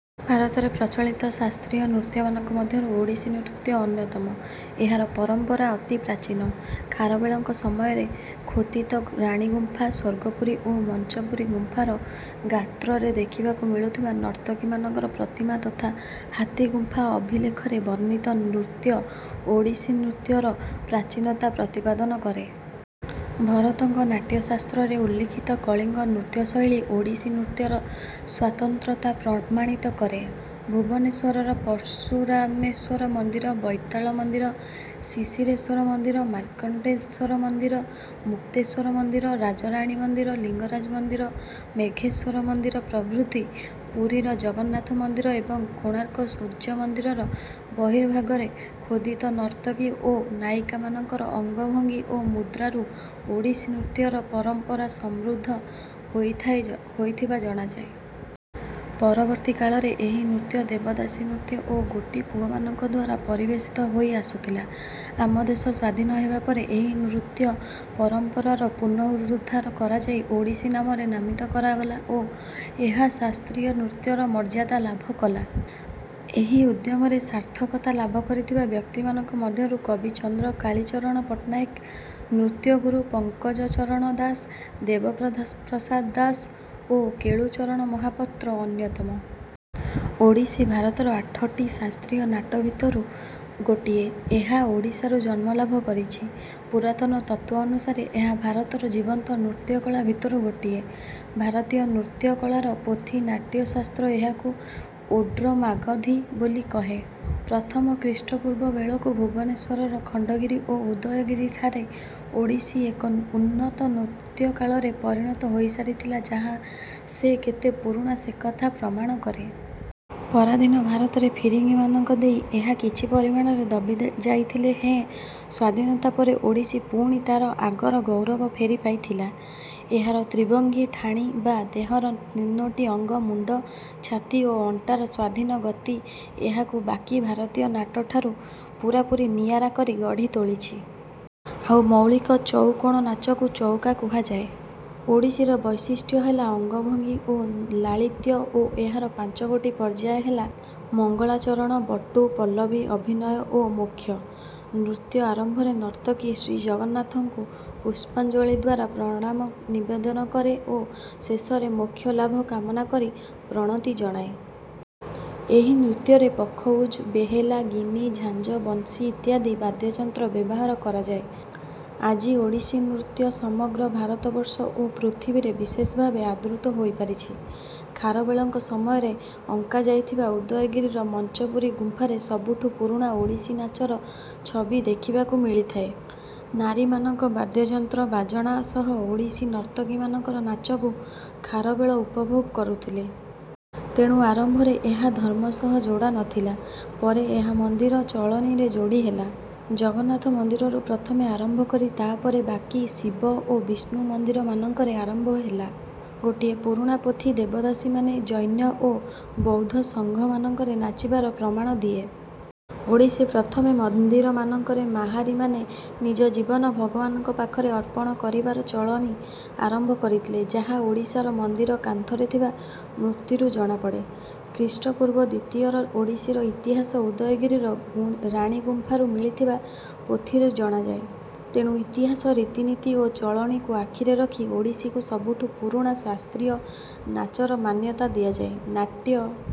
ଭାରତରେ ପ୍ରଚଳିତ ଶାସ୍ତ୍ରୀୟ ନୃତ୍ୟମାନଙ୍କ ମଧ୍ୟରୁ ଓଡ଼ିଶୀ ନୃତ୍ୟ ଅନ୍ୟତମ। ଏହାର ପରମ୍ପରା ଅତି ପ୍ରାଚୀନ। ଖାରବେଳଙ୍କ ସମୟରେ ଖୋତିତ ରାଣୀଗୁମ୍ଫା, ସ୍ୱର୍ଗପୁରୀ ଓ ମଞ୍ଚପୁରୀ ଗୁମ୍ଫାର ଗାତ୍ରରେ ଦେଖିବାକୁ ମିଳୁଥିବା ନର୍ତ୍ତକୀମାନଙ୍କର ପ୍ରତିମା ତଥା ହାତୀଗୁମ୍ଫା ଅଭିଲେଖରେ ବର୍ଣ୍ଣିତ ନୃତ୍ୟ ଓଡ଼ିଶୀନୃତ୍ୟର ପ୍ରାଚୀନତା ପ୍ରତିପାଦନ କରେ। ଭରତଙ୍କ ନାଟ୍ୟଶାସ୍ତ୍ରରେ ଉଲ୍ଲିଖିତ କଳିଙ୍ଗ ନୃତ୍ୟ ଶୈଳୀ ଓଡ଼ିଶୀ ନୃତ୍ୟର ସ୍ୱାତନ୍ତ୍ରତା ପ୍ରମାଣିତ କରେ। ଭୁବନେଶ୍ୱରର ପର୍ଶୁରାମେଶ୍ୱର ମନ୍ଦିର, ବୈତାଳ ମନ୍ଦିର, ଶିଶିରେଶ୍ୱର ମନ୍ଦିର, ମାର୍କଣ୍ଡେଶ୍ୱର ମନ୍ଦିର, ମୁକ୍ତେଶ୍ୱର ମନ୍ଦିର, ରାଜରାଣୀ ମନ୍ଦିର, ଲିଙ୍ଗରାଜ ମନ୍ଦିର, ମେଘେଶ୍ୱର ମନ୍ଦିର ପ୍ରଭୃତି, ପୁରୀର ଜଗନ୍ନାଥ ମନ୍ଦିର ଏବଂ କୋଣାର୍କ ସୂର୍ଯ୍ୟମନ୍ଦିରର ବର୍ହିଭାଗରେ ଖୋଦିତ ନର୍ତ୍ତକୀ ଓ ନାୟିକାମାନଙ୍କର ଅଙ୍ଗଭଙ୍ଗୀ ଓ ମୁଦ୍ରାରୁ ଓଡ଼ିଶୀ ନୃତ୍ୟର ପରମ୍ପରା ସମୃଦ୍ଧ ହୋଇଥିବା ଜଣାଯାଏ। ପରବର୍ତ୍ତୀ କାଳରେ ଏହି ନୃତ୍ୟ ଦେବଦାସୀ ନୃତ୍ୟ ଓ ଗୋଟିପୁଅମାନଙ୍କଦ୍ୱାରା ପରିବେଷିତ ହୋଇ ଆସୁଥିଲା। ଆମଦେଶ ସ୍ୱାଧୀନ ହେବା ପରେ ଏହି ନୃତ୍ୟ ପରମ୍ପରାର ପୁନରୁଦ୍ଧାର କରାଯାଇ ଓଡ଼ିଶୀ ନାମରେ ନାମିତ କରାଗଲା ଓ ଏହା ଶାସ୍ତ୍ରୀୟ ନୃତ୍ୟର ମର୍ଯ୍ୟାଦା ଲାଭ କଲା। ଏହି ଉଦ୍ୟମରେ ସାର୍ଥକତା ଲାଭକରିଥିବା ବ୍ୟକ୍ତିମାନକ ମଧ୍ୟରୁ କବିଚନ୍ଦ୍ର କାଳୀଚରଣ ପଟ୍ଟନାୟକ, ନୃତ୍ୟଗୁରୁ ପଙ୍କଜଚରଣ ଦାସ, ଦେବପ୍ରସାଦ ଦାସ ଓ କେଳୁଚରଣ ମହାପାତ୍ର ଅନ୍ୟତମ। ଓଡ଼ିଶୀ ଭାରତର ଆଠଟି ଶାସ୍ତ୍ରୀୟ ନାଟ ଭିତରୁ ଗୋଟିଏ। ଏହା ଓଡ଼ିଶାରୁ ଜନ୍ମ ଲାଭ କରିଛି। ପୁରାତନ ତତ୍ୱ ଅନୁସାରେ ଏହା ଭାରତର ଜୀବନ୍ତ ନୃତ୍ୟକଳା ଭିତରୁ ଗୋଟିଏ। ଭାରତୀୟ ନୃତ୍ୟକଳାର ପୋଥି ନାଟ୍ୟ ଶାସ୍ତ୍ର ଏହାକୁ ଓଡ୍ର ମାଗଧି ବୋଲି କହେ। ପ୍ରଥମ ଖ୍ରୀଷ୍ଟପୂର୍ବ ବେଳକୁ ଭୁବନେଶ୍ୱରର ଖଣ୍ଡଗିରି ଓ ଉଦୟଗିରିଠାରେ ଓଡ଼ିଶୀ ଏକ ଉନ୍ନତ ନୃତ୍ୟକଳାରେ ପରିଣତ ହୋଇସାରିଥିଲା ଯାହା ସେ କେତେ ପୁରୁଣା ସେକଥା ପ୍ରମାଣ କରେ। ପରାଧୀନ ଭାରତରେ ଫିରିଙ୍ଗିମାନଙ୍କ ଦେଇ ଏହା କିଛି ପରିମାଣରେ ଦବିଯାଇଥିଲେ ହେଁ ସ୍ୱାଧୀନତା ପରେ ଓଡ଼ିଶୀ ପୁଣି ତାର ଆଗର ଗୌରବ ଫେରିପାଇଥିଲା। ଏହାର ତ୍ରିଭଙ୍ଗୀ ଠାଣି ବା ଦେହର ତିନୋଟି ଅଙ୍ଗ ମୁଣ୍ଡ, ଛାତି ଓ ଅଣ୍ଟାର ସ୍ୱାଧୀନ ଗତି ଏହାକୁ ବାକି ଭାରତୀୟ ନାଟ ଠାରୁ ପୁରାପୁରି ନିଆରା କରି ଗଢ଼ିତୋଳିଛି। ଆଉ ମୌଳିକ ଚଉକୋଣ ନାଚକୁ ଚଉକା କୁହାଯାଏ। ଓଡ଼ିଶୀନୃତ୍ୟର ବୈଶିଷ୍ଟ ହେଲା ଅଙ୍ଗଭଙ୍ଗୀ ଓ ଲାଳିତ୍ୟ ଓ ଏହାର ପାଞ୍ଚଗୋଟି ପର୍ଯ୍ୟାୟ ହେଲା: ମଙ୍ଗଳାଚରଣ, ବଟୁ, ପଲ୍ଲବୀ, ଅଭିନୟ ଓ ମୋକ୍ଷ। ନୃତ୍ୟ ଆରମ୍ଭରେ ନର୍ତ୍ତକୀ ଶ୍ରୀଜଗନ୍ନାଥଙ୍କୁ ପୁଷ୍ପାଞ୍ଜଳୀଦ୍ୱାରା ପ୍ରଣାମ ନିବେଦନ କରେ ଓ ଶେଷରେ ମୋକ୍ଷ ଲାଭ କାମନା କରି ପ୍ରଣତି ଜଣାଏ। ଏହି ନୃତ୍ୟରେ ପଖଉଜ, ବେହେଲା, ଗିନି, ଝାଞ୍ଜ, ବଂଶୀ ଇତ୍ୟାଦି ବାଦ୍ୟଯନ୍ତ୍ର ବ୍ୟବହାର କରାଯାଏ। ଆଜି ଓଡ଼ିଶୀ ନୃତ୍ୟ ସମଗ୍ର ଭାରତ ବର୍ଷ ଓ ପୃଥିବୀରେ ବିଶେଷଭାବେ ଆଦୃତ ହୋଇପାରିଛି। ଖାରବେଳଙ୍କ ସମୟରେ ଅଙ୍କାଯାଇଥିବା ଉଦୟଗିରିର ମଞ୍ଚପୁରି ଗୁମ୍ଫାରେ ସବୁଠୁ ପୁରୁଣା ଓଡ଼ିଶୀ ନାଚର ଛବି ଦେଖିବାକୁ ମିଳିଥାଏ। ନାରୀମାନଙ୍କ ବାଦ୍ୟଯନ୍ତ୍ର ବାଜଣା ସହ ଓଡ଼ିଶୀ ନର୍ତ୍ତକୀମାନଙ୍କର ନାଚକୁ ଖାରବେଳ ଉପଭୋଗ କରୁଥିଲେ। ତେଣୁ ଆରମ୍ଭରେ ଏହା ଧର୍ମ ସହ ଯୋଡ଼ା ନଥିଲା, ପରେ ଏହା ମନ୍ଦିର ଚଳଣିରେ ଯୋଡ଼ିହେଲା। ଜଗନ୍ନାଥ ମନ୍ଦିରରୁ ପ୍ରଥମେ ଆରମ୍ଭ କରି ତା ପରେ ବାକି ଶିବ ଓ ବିଷ୍ନୁ ମନ୍ଦିରମାନଙ୍କରେ ଆରମ୍ଭ ହେଲା। ଗୋଟିଏ ପୁରୁଣା ପୋଥି ଦେବଦାସୀମାନେ ଜୈନ ଓ ବୌଦ୍ଧ ସଙ୍ଘମାନଙ୍କରେ ନାଚିବାର ପ୍ରମାଣ ଦିଏ। ଓଡ଼ିଶୀ, ପ୍ରଥମେ ମନ୍ଦିରମାନଙ୍କରେ ମାହାରି ମାନେ ନିଜ ଜୀବନ ଭଗବାନଙ୍କ ପାଖରେ ଅର୍ପଣ କରିବାର ଚଳଣି ଆରମ୍ଭ କରିଥିଲେ ଯାହା ଓଡ଼ିଶାର ମନ୍ଦିର କାନ୍ଥରେ ଥିବା ମୂର୍ତ୍ତୀରୁ ଜଣାପଡ଼େ। ଖ୍ରୀଷ୍ଟପୂର୍ବ ଦ୍ୱିତୀୟର ଓଡ଼ିଶୀର ଇତିହାସ ଉଦୟଗିରିର ରାଣୀଗୁମ୍ଫାରୁ ମିଳିଥିବା ପୋଥିରୁ ଜଣାଯାଏ। ତେଣୁ ଇତିହାସ, ରିତିନୀତି ଓ ଚଳଣିକୁ ଆଖିରେ ରଖି ଓଡ଼ିଶୀକୁ ସବୁଠୁ ପୁରୁଣା ଶାସ୍ତ୍ରୀୟ ନାଚର ମାନ୍ୟତା ଦିଆଯାଏ। ନାଟ୍ୟ